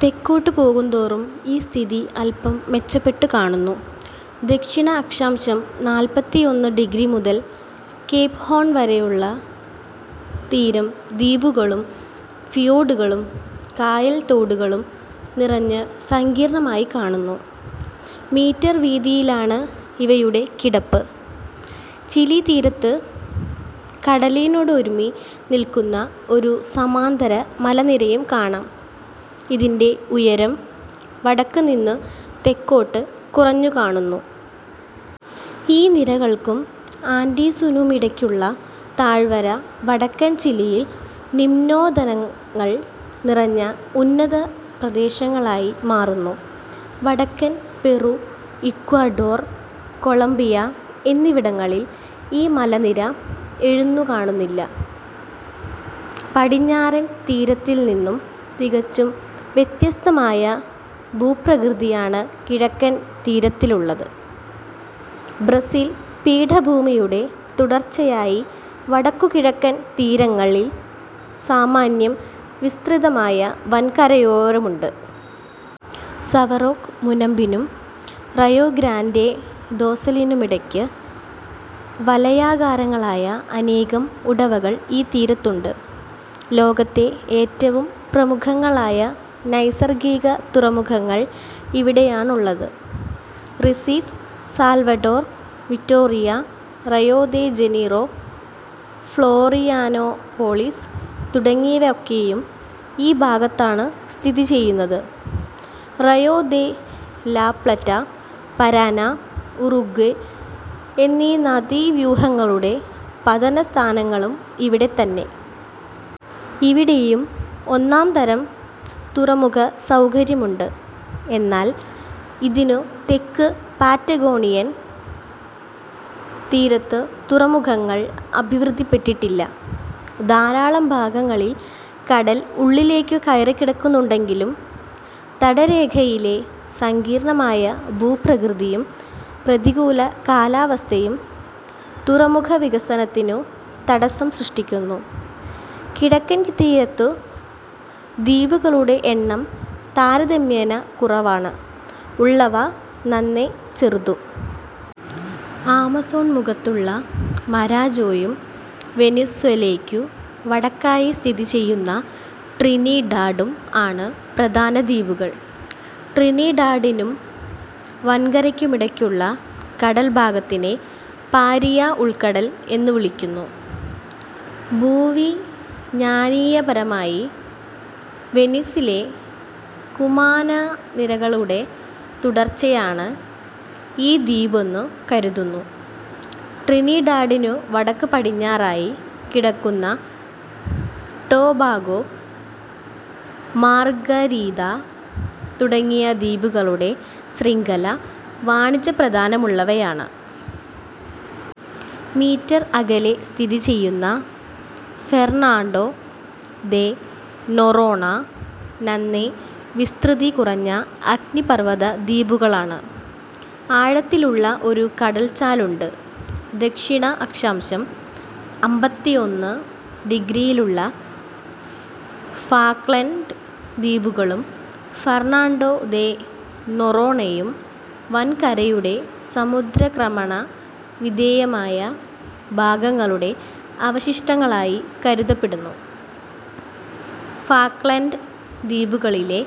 തെക്കോട്ടു പോകുന്തോറും ഈ സ്ഥിതി അല്പം മെച്ചപ്പെട്ടു കാണുന്നു. ദക്ഷിണഅക്ഷാംശം നാൽപത്തിയൊന്ന് ഡിഗ്രി മുതൽ കേപ്ഹോൺ വരെയുള്ള തീരം ദ്വീപുകളും ഫിയോഡുകളും, കായൽ തോടുകളും നിറഞ്ഞ് സങ്കീർണമായിക്കാണുന്നു. മീറ്റർ വിതീയിലാണ് ഇവയുടെ കിടപ്പ്. ചിലി തീരത്ത് കടലിനോടുരുമ്മി നിൽക്കുന്ന ഒരു സമാന്തര മലനിരയും കാണാം. ഇതിന്റെ ഉയരം വടക്ക് നിന്നു തെക്കോട്ടു കുറഞ്ഞുകാണുന്നു. ഈ നിരകൾക്കും ആൻഡീസുനുമിടയ്ക്കുള്ള താഴ്‌വര വടക്കൻ ചിലിയിൽ നിമ്നോന്നതങ്ങൾ നിറഞ്ഞ ഉന്നതപ്രദേശങ്ങളായി മാറുന്നു. വടക്കൻ പെറു, ഇക്വഡോർ, കൊളംബിയ എന്നിവിടങ്ങളിൽ ഈ മലനിര എഴുന്നുകാണുന്നില്ല. പടിഞ്ഞാറൻ തീരത്തിൽനിന്നും തികച്ചും വ്യത്യസ്തമായ ഭൂപ്രകൃതിയാണ് കിഴക്കൻ തീരത്തിലുള്ളത്. ബ്രസീൽ പീഠഭൂമിയുടെ തുടർച്ചയായി വടക്കുകിഴക്കൻ തീരങ്ങളിൽ സാമാന്യം വിസ്തൃതമായ വൻകരയോരമുണ്ട്. സവോറോക് മുനമ്പിനും റയോഗ്രാന്റേദോസുലിനുമിടയ്ക്കു വലയാകാരങ്ങളായ അനേകം ഉടവകൾ ഈ തീരത്തുണ്ട്. ലോകത്തെ ഏറ്റവും പ്രമുഖങ്ങളായ നൈസർഗിക തുറമുഖങ്ങൾ ഇവിടെയാണുള്ളത്. Recife, Salvador, Vitoria, Rio de Janeiro, Florianopolis തുടങ്ങിയവയൊക്കെയും ഈ ഭാഗത്താണു സ്ഥിതിചെയ്യുന്നത്. Rio de la Plata, Parana, Uruguay എന്നീ നദീവ്യൂഹങ്ങളുടെ പതനസ്ഥാനങ്ങളും ഇവിടെ തന്നെ. ഇവിടെയും ഒന്നാംതരം തുറമുഖ സൗകര്യം ഉണ്ട്. എന്നാൽ ഇതിനു തെക്ക് പാറ്റഗോണിയൻ തീരത്തു തുറമുഖങ്ങൾ അഭിവൃദ്ധിപ്പെട്ടിട്ടില്ല. ധാരാളം ഭാഗങ്ങളിൽ കടൽ ഉള്ളിലേക്കു കയറിക്കിടക്കുന്നുണ്ടെങ്കിലും തടരേഖയിലെ സങ്കീർണമായ ഭൂപ്രകൃതിയും പ്രതികൂല കാലാവസ്ഥയും തുറമുഖവികസനത്തിനു തടസ്സം സൃഷ്ടിക്കുന്നു. കിഴക്കൻ തീരത്തു ദ്വീപുകളുടെ എണ്ണം താരതമ്യേന കുറവാണ്. ഉള്ളവ നന്നെ ചെറുതും. ആമസോൺ മുഖത്തുള്ള മരാജോയും വെനിസ്വേലക്കു വടക്കായി സ്ഥിതിചെയ്യുന്ന ട്രിനിഡാഡും ആണ് പ്രധാനദ്വീപുകൾ. ട്രിനിഡാഡിനും വൻകരക്കുമിടക്കുള്ള കടൽഭാഗത്തിനെ പാരിയാ ഉൾക്കടൽ എന്നു വിളിക്കുന്നു. ഭൂവിജ്ഞാനീയപരമായി വെനിസ്വേലയിലെ കുമാനാനിരകളുടെ തുടർച്ചയാണ് ഈ ദ്വീപെന്നു കരുതുന്നു. ട്രിനിഡാഡിനു വടക്ക് പടിഞ്ഞാറായി കിടക്കുന്ന ടോബാഗോ, മാർഗരീതാ തുടങ്ങിയ ദ്വീപുകളുടെ ശൃംഖല വാണിജ്യപ്രാധാന്യമുള്ളവയാണ്. മീറ്റർ അകലെ സ്ഥിതിചെയ്യുന്ന ഫെർണാണ്ടോ ദെ നൊറോണ നന്നേ വിസ്തൃതി കുറഞ്ഞ അഗ്നിപർവതദ്വീപുകളാണ്. ആഴത്തിലുള്ള ഒരു കടൽച്ചാലുണ്ട്. ദക്ഷിണഅക്ഷാംശം അമ്പത്തിയൊന്ന് ഡിഗ്രിയിലുള്ള ഫാക്ലൻഡ് ദ്വീപുകളും ഫർണാണ്ടോ ദേ നൊറോണയും വൻകരയുടെ സമുദ്രാക്രമണവിധേയമായ ഭാഗങ്ങളുടെ അവശിഷ്ടങ്ങളായി കരുതപ്പെടുന്നു. ഫാക്ലൻഡ് ദ്വീപുകളിലെ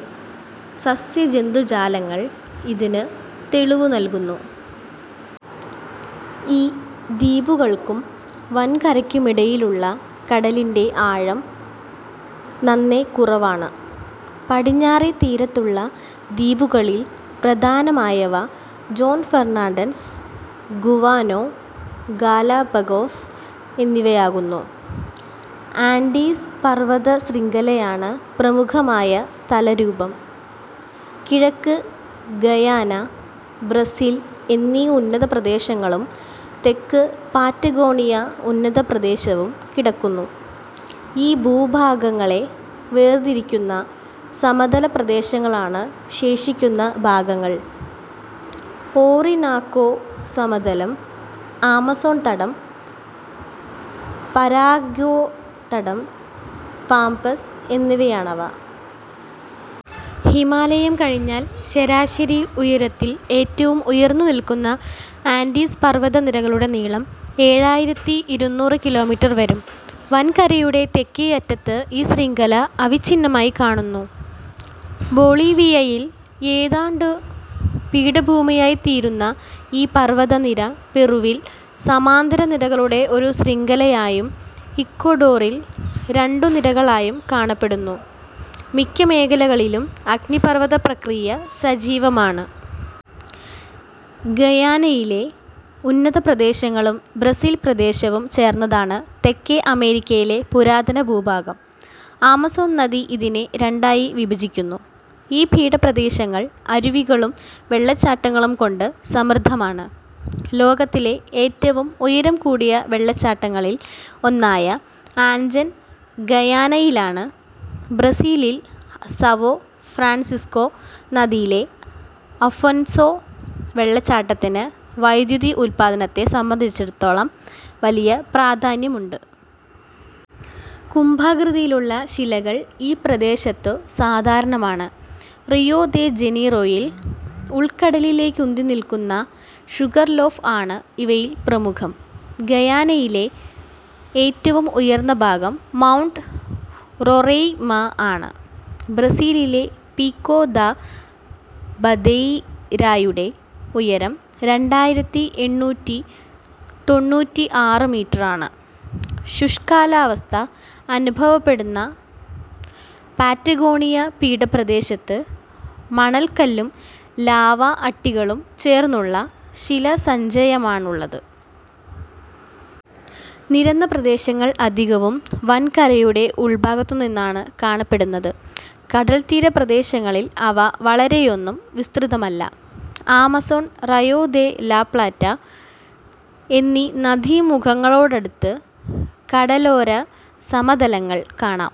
സസ്യജന്തുജാലങ്ങൾ ഇതിനു തെളിവു നൽകുന്നു. ഈ ദ്വീപുകൾക്കും വൻകരക്കുമിടക്കുള്ള കടലിന്റെ ആഴം നന്നേ കുറവാണ്. പടിഞ്ഞാറേ തീരത്തുള്ള ദ്വീപുകളിൽ പ്രധാനമായവ ജോൻ ഫെർണാണ്ടസ്, ഗുവാനോ, ഗാലപഗോസ് എന്നിവയാകുന്നു. ആൻഡീസ് പർവതശൃംഖലയാണ് പ്രമുഖമായ സ്ഥലരൂപം. കിഴക്ക് ഗയാന, ബ്രസീൽ എന്നീ ഉന്നതപ്രദേശങ്ങളും തെക്ക് പാറ്റഗോണിയ ഉന്നതപ്രദേശവും കിടക്കുന്നു. ഈ ഭൂഭാഗങ്ങളെ വേർതിരിക്കുന്ന സമതലപ്രദേശങ്ങളാണ് ശേഷിക്കുന്ന ഭാഗങ്ങൾ ഓറിനാക്കോ സമതലം, ആമസോൺതടം, പരാഗ്വേതടം, പാംപസ് എന്നിവയാണവ. ഹിമാലയം കഴിഞ്ഞാൽ ശരാശരി ഉയരത്തിൽ ഏറ്റവും ഉയർന്നുനിൽക്കുന്ന ആൻഡീസ് പർവതനിരകളുടെ നീളം ഏഴായിരത്തിഇരുനൂറ് കിലോമീറ്റർ വരും. വൻകരയുടെ തെക്കേ അറ്റത്ത് ഈ ശൃംഖല അവിച്ഛിന്നമായി കാണുന്നു. ബൊളീവിയയിൽ ഏതാണ്ടൊരു പീഠഭൂമിയായിത്തീരുന്ന ഈ പർവതനിര പെറുവിൽ സമാന്തരനിരകളുടെ ഒരു ശൃംഖലയായും ഇക്വഡോറിൽ രണ്ടു നിരകളായും കാണപ്പെടുന്നു. മിക്ക മേഖലകളിലും അഗ്നിപർവതപ്രക്രിയ സജീവമാണ്. ഗയാനയിലെ ഉന്നതപ്രദേശങ്ങളും ബ്രസീൽ പ്രദേശവും ചേർന്നതാണ് തെക്കേ അമേരിക്കയിലെ പുരാതനഭൂഭാഗം. ആമസോൺ നദി ഇതിനെ രണ്ടായി വിഭജിക്കുന്നു. ഈ പീഠപ്രദേശങ്ങൾ അരുവികളും വെള്ളച്ചാട്ടങ്ങളും കൊണ്ട് സമൃദ്ധമാണ്. ലോകത്തിലെ ഏറ്റവും ഉയരംകൂടിയ വെള്ളച്ചാട്ടങ്ങളിൽ ഒന്നായ ആൻജെൻ ഗയാനയിലാണ്. ബ്രസീലിൽ സവോ ഫ്രാൻസിസ്കോ നദിയിലെ അഫോൻസോ വെള്ളച്ചാട്ടത്തിന് വൈദ്യുതി ഉൽപാദനത്തെ സംബന്ധിച്ചിടത്തോളം വലിയ പ്രാധാന്യമുണ്ട്. കുംഭാകൃതിയിലുള്ള ശിലകൾ ഈ പ്രദേശത്തു സാധാരണമാണ്. റിയോ ദെ ജനീറോയിൽ ഉൾക്കടലിലേക്കുന്തിനിൽക്കുന്ന ഷുഗർലോഫ് ആണ് ഇവയിൽ പ്രമുഖം. ഗയാനയിലെ ഏറ്റവും ഉയർന്ന ഭാഗം മൗണ്ട് റൊറെയ്മ ആണ്. ബ്രസീലിലെ പികോ ദാ ബന്ദെയ്രായുടെ ഉയരം രണ്ടായിരത്തിഎണ്ണൂറ്റിതൊണ്ണൂറ്റിആറ് മീറ്റർ ആണ്. ശുഷ്കകാലാവസ്ഥ അനുഭവപ്പെടുന്ന പാറ്റഗോണിയ പീഠപ്രദേശത്ത് മണൽക്കല്ലും ലാവാ അട്ടികളും ചേർന്നുള്ള ശിലാസഞ്ചയമാണുള്ളത്. നിരന്നപ്രദേശങ്ങൾ അധികവും വൻകരയുടെ ഉൾഭാഗത്താണ് കാണപ്പെടുന്നത്. കടൽത്തീരപ്രദേശങ്ങളിൽ അവ വളരെയൊന്നും വിസ്തൃതമല്ല. ആമസോൺ, റയോ ദെ ലാപ്ലാറ്റ എന്നീ നദീമുഖങ്ങളോടടുത്ത് കടലോരസമതലങ്ങൾ കാണാം.